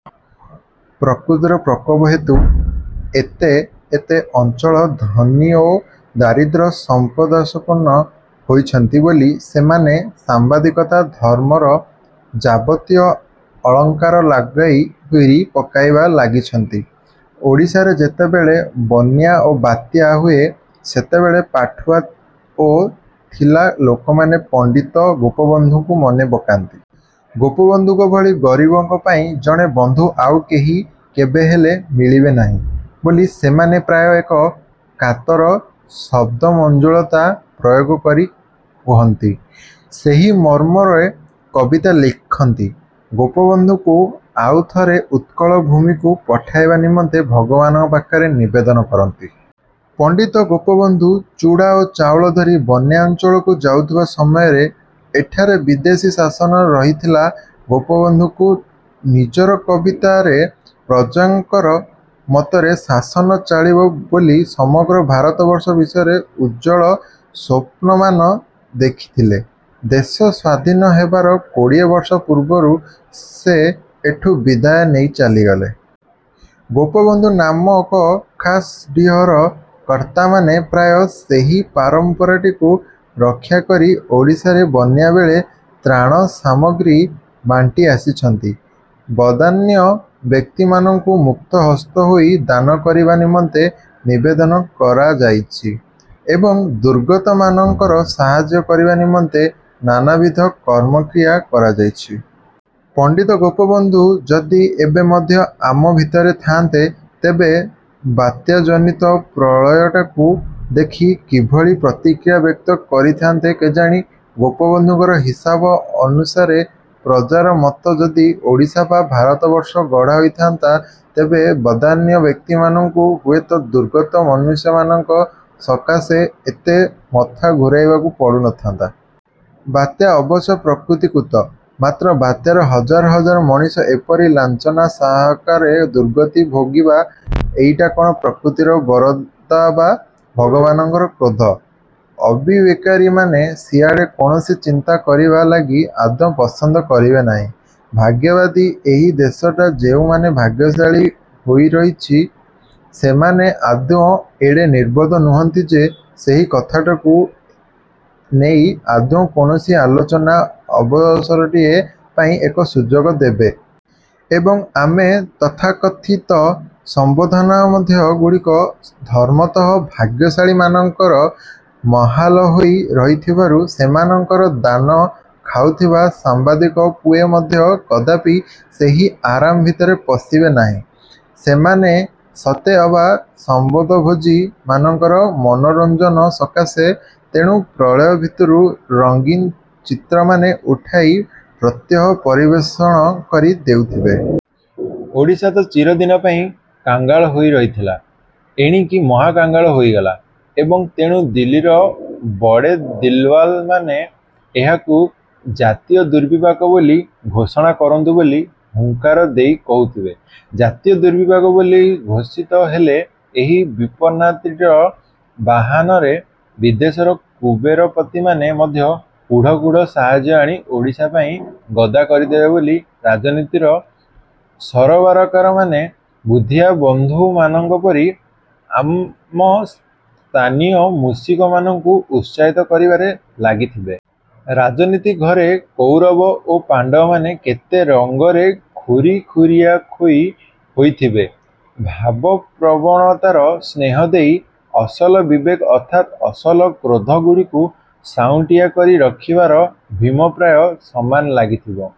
ପ୍ରକୃତିର ପ୍ରକୋପ ହେତୁ ଏତେ ଏତେ ଅଞ୍ଚଳର ଧନୀ ଓ ଦରିଦ୍ର ସମଦଶାପନ୍ନ ହୋଇଛନ୍ତି ବୋଲି ସେମାନେ ସାମ୍ବାଦିକତା-ଧର୍ମର ଯାବତୀୟ ଅଳଙ୍କାର ଲଗାଇ ହୁରି ପକାଇବାରେ ଲାଗିଛନ୍ତି। ଓଡ଼ିଶାରେ ଯେତେବେଳେ ବନ୍ୟା ବା ବାତ୍ୟା ହୁଏ, ସେତେବେଳେ ପାଠୁଆ ଓ ଥିଲା ଲୋକମାନେ ପଣ୍ଡିତ ଗୋପବନ୍ଧୁଙ୍କୁ ମନେପକାନ୍ତି। ଗୋପବନ୍ଧୁଙ୍କ ଭଳି ଗରିବଙ୍କ ପାଇଁ ଜଣେ ବନ୍ଧୁ ଆଉ କେହି କେବେହେଲେ ମିଳିବେ ନାହିଁ ବୋଲି ସେମାନେ ପ୍ରାୟ ଏକ କାତର ଶବ୍ଦମଞ୍ଜୁଳତା ପ୍ରୟୋଗ କରି କହନ୍ତି। ସେହି ମର୍ମରେ କବିତା ଲେଖନ୍ତି। ଗୋପବନ୍ଧୁଙ୍କୁ ଆଉଥରେ ଉତ୍କଳ ଭୂମିକୁ ପଠାଇବା ନିମନ୍ତେ ଭଗବାନଙ୍କ ପାଖରେ ନିବେଦନ କରନ୍ତି। ପଣ୍ଡିତ ଗୋପବନ୍ଧୁ ଚୂଡ଼ା ଓ ଚାଉଳ ଧରି ବନ୍ୟାଞ୍ଚଳକୁ ଯାଉଥିବା ସମୟରେ ଏଠାରେ ବିଦେଶୀ ଶାସନ ରହିଥିଲା। ଗୋପବନ୍ଧୁ ନିଜର କବିତାରେ ପ୍ରଜାଙ୍କର ମତରେ ଶାସନ ଚାଲିବ ବୋଲି ସମଗ୍ର ଭାରତବର୍ଷ ବିଷୟରେ ଉଜ୍ଜ୍ୱଳ ସ୍ଵପ୍ନମାନ ଦେଖିଥିଲେ। ଦେଶ ସ୍ଵାଧୀନ ହେବାର କୋଡ଼ିଏ ବର୍ଷ ପୂର୍ବରୁ ସେ ଏଠୁ ବିଦାୟ ନେଇ ଚାଲିଗଲେ। ଗୋପବନ୍ଧୁ ନାମକ ଖାସ୍ ଡ଼ିହର କର୍ତ୍ତାମାନେ ପ୍ରାୟ ସେହି ପରମ୍ପରାଟିକୁ ରକ୍ଷାକରି ଓଡ଼ିଶାରେ ବନ୍ୟା ବେଳେ ତ୍ରାଣ ସାମଗ୍ରୀ ବାଣ୍ଟି ଆସିଛନ୍ତି। ବଦାନ୍ୟ ବ୍ୟକ୍ତିମାନଙ୍କୁ ମୁକ୍ତହସ୍ତ ହୋଇ ଦାନ କରିବା ନିମନ୍ତେ ନିବେଦନ କରାଯାଇଛି ଏବଂ ଦୁର୍ଗତମାନଙ୍କର ସାହାଯ୍ୟ କରିବା ନିମନ୍ତେ ନାନାବିଧ କର୍ମକ୍ରିୟା କରାଯାଇଛି। ପଣ୍ଡିତ ଗୋପବନ୍ଧୁ ଯଦି ଏବେ ମଧ୍ୟ ଆମ ଭିତରେ ଥାଆନ୍ତେ, ତେବେ ବାତ୍ୟାଜନିତ ପ୍ରଳୟଟାକୁ ଦେଖି କିଭଳି ପ୍ରତିକ୍ରିୟା ବ୍ୟକ୍ତ କରିଥାଆନ୍ତେ କେଜାଣି? ଗୋପବନ୍ଧୁଙ୍କର ହିସାବ ଅନୁସାରେ, ପ୍ରଜାର ମତରେ ଯଦି ଓଡ଼ିଶା ବା ଭାରତବର୍ଷ ଗଢ଼ା ହୋଇଥାନ୍ତା, ତେବେ ବଦାନ୍ୟ ବ୍ୟକ୍ତିମାନଙ୍କୁ ହୁଏତ ଦୁର୍ଗତ ମନୁଷ୍ୟମାନଙ୍କ ସକାଶେ ଏତେ ମଥା ଘୁରାଇବାକୁ ପଡୁନଥାନ୍ତା। ବାତ୍ୟା ଅବଶ୍ୟ ପ୍ରକୃତିକୃତ। ମାତ୍ର ବାତ୍ୟାରେ ହଜାର ହଜାର ମଣିଷ ଏପରି ଲାଞ୍ଛନା ସହକାରେ ଦୁର୍ଗତି ଭୋଗିବା, ଏଇଟା କ'ଣ ପ୍ରକୃତିର ବରାଦ ବା ଭଗବାନଙ୍କର କ୍ରୋଧ? ଅବିବେକୀମାନେ ସିଆଡ଼େ କୌଣସି ଚିନ୍ତା କରିବା ଲାଗି ଆଦୌ ପସନ୍ଦ କରିବେ ନାହିଁ। ଭାଗ୍ୟବାଦୀ ଏହି ଦେଶଟାରେ ଯେଉଁମାନେ ଭାଗ୍ୟଶାଳୀ ହୋଇ ରହିଛନ୍ତି, ସେମାନେ ଆଦୌ ଏଡ଼େ ନିର୍ବୋଧ ନୁହନ୍ତି ଯେ ସେହି କଥାଟାକୁ ନେଇ ଆଦୌ କୌଣସି ଆଲୋଚନାର ଅବସରଟିଏ ପାଇଁ ଏକ ସୁଯୋଗ ଦେବେ। ଏବଂ, ଆମ ତଥାକଥିତ ସମ୍ବାଦମାଧ୍ୟମ ଗୁଡ଼ିକ ଧର୍ମତଃ ଭାଗ୍ୟଶାଳୀମାନଙ୍କର ମାହାଲ ହୋଇ ରହିଥିବାରୁ ସେମାନଙ୍କର ଦାନା ଖାଉଥିବା ସାମ୍ବାଦିକ ପୁଏ ମଧ୍ୟ କଦାପି ସେହି ଅରମା ଭିତରେ ପଶିବେ ନାହିଁ। ସେମାନେ ସତେଅବା ସମ୍ବାଦଭୋଜୀ ମାନଙ୍କର ମନୋରଞ୍ଜନ ସକାଶେ ତେଣୁ ପ୍ରଳୟ ଭିତରୁ ରଙ୍ଗୀନ ଚିତ୍ରମାନ ଉଠାଇ ପ୍ରତ୍ୟହ ପରିବେଷଣ କରି ଦେଉଥିବେ। ଓଡ଼ିଶା ତ ଚିରଦିନ ପାଇଁ କାଙ୍ଗଳ ହୋଇ ରହିଥିଲା, ଏଣିକି ମହାକାଙ୍ଗାଳ ହୋଇଗଲା ଏବଂ ତେଣୁ ଦିଲ୍ଲୀର ବଡ଼େ ଦିଲ୍ବାଲାମାନେ ଏହାକୁ ଜାତୀୟ ଦୁର୍ବିପାକ ବୋଲି ଘୋଷଣା କରନ୍ତୁ ବୋଲି ହୁଙ୍କାର ଦେଇ କହୁଥିବେ। ଜାତୀୟ ଦୁର୍ବିପାକ ବୋଲି ଘୋଷିତ ହେଲେ ଏହି ବିପନ୍ନତାଟିର ବାହାନାରେ ବିଦେଶର କୁବେରପତିମାନେ ମଧ୍ୟ କୁଢ଼ କୁଢ଼ ସାହାଯ୍ୟ ଆଣି ଓଡ଼ିଶା ପାଇଁ ଗଦା କରିଦେବେ ବୋଲି ରାଜନୀତିର ସରବରାକାରମାନେ ବୁଦ୍ଧିଆ ବନ୍ଧୁମାନଙ୍କ ପରି ଆମ ସ୍ଥାନୀୟ ମୂଷିକମାନଙ୍କୁ ଉତ୍ସାହିତ କରିବାରେ ଲାଗିଥିବେ। ରାଜନୀତି ଘରେ କୌରବ ଓ ପାଣ୍ଡବମାନେ କେତେ ରଙ୍ଗରେ ଖୁରି ଖୁଆଖୋଇ ହେଉଥିବେ। ଭାବପ୍ରବଣତାର ସ୍ନେହ ଦେଇ ଅସଲ ବିବେକ ଅର୍ଥାତ୍ ଅସଲ କ୍ରୋଧଗୁଡ଼ିକୁ ସାଉଁଳିଆ କରି ରଖିବାର ଭୀମପ୍ରୟା ସମାନ ଲାଗିଥିବ।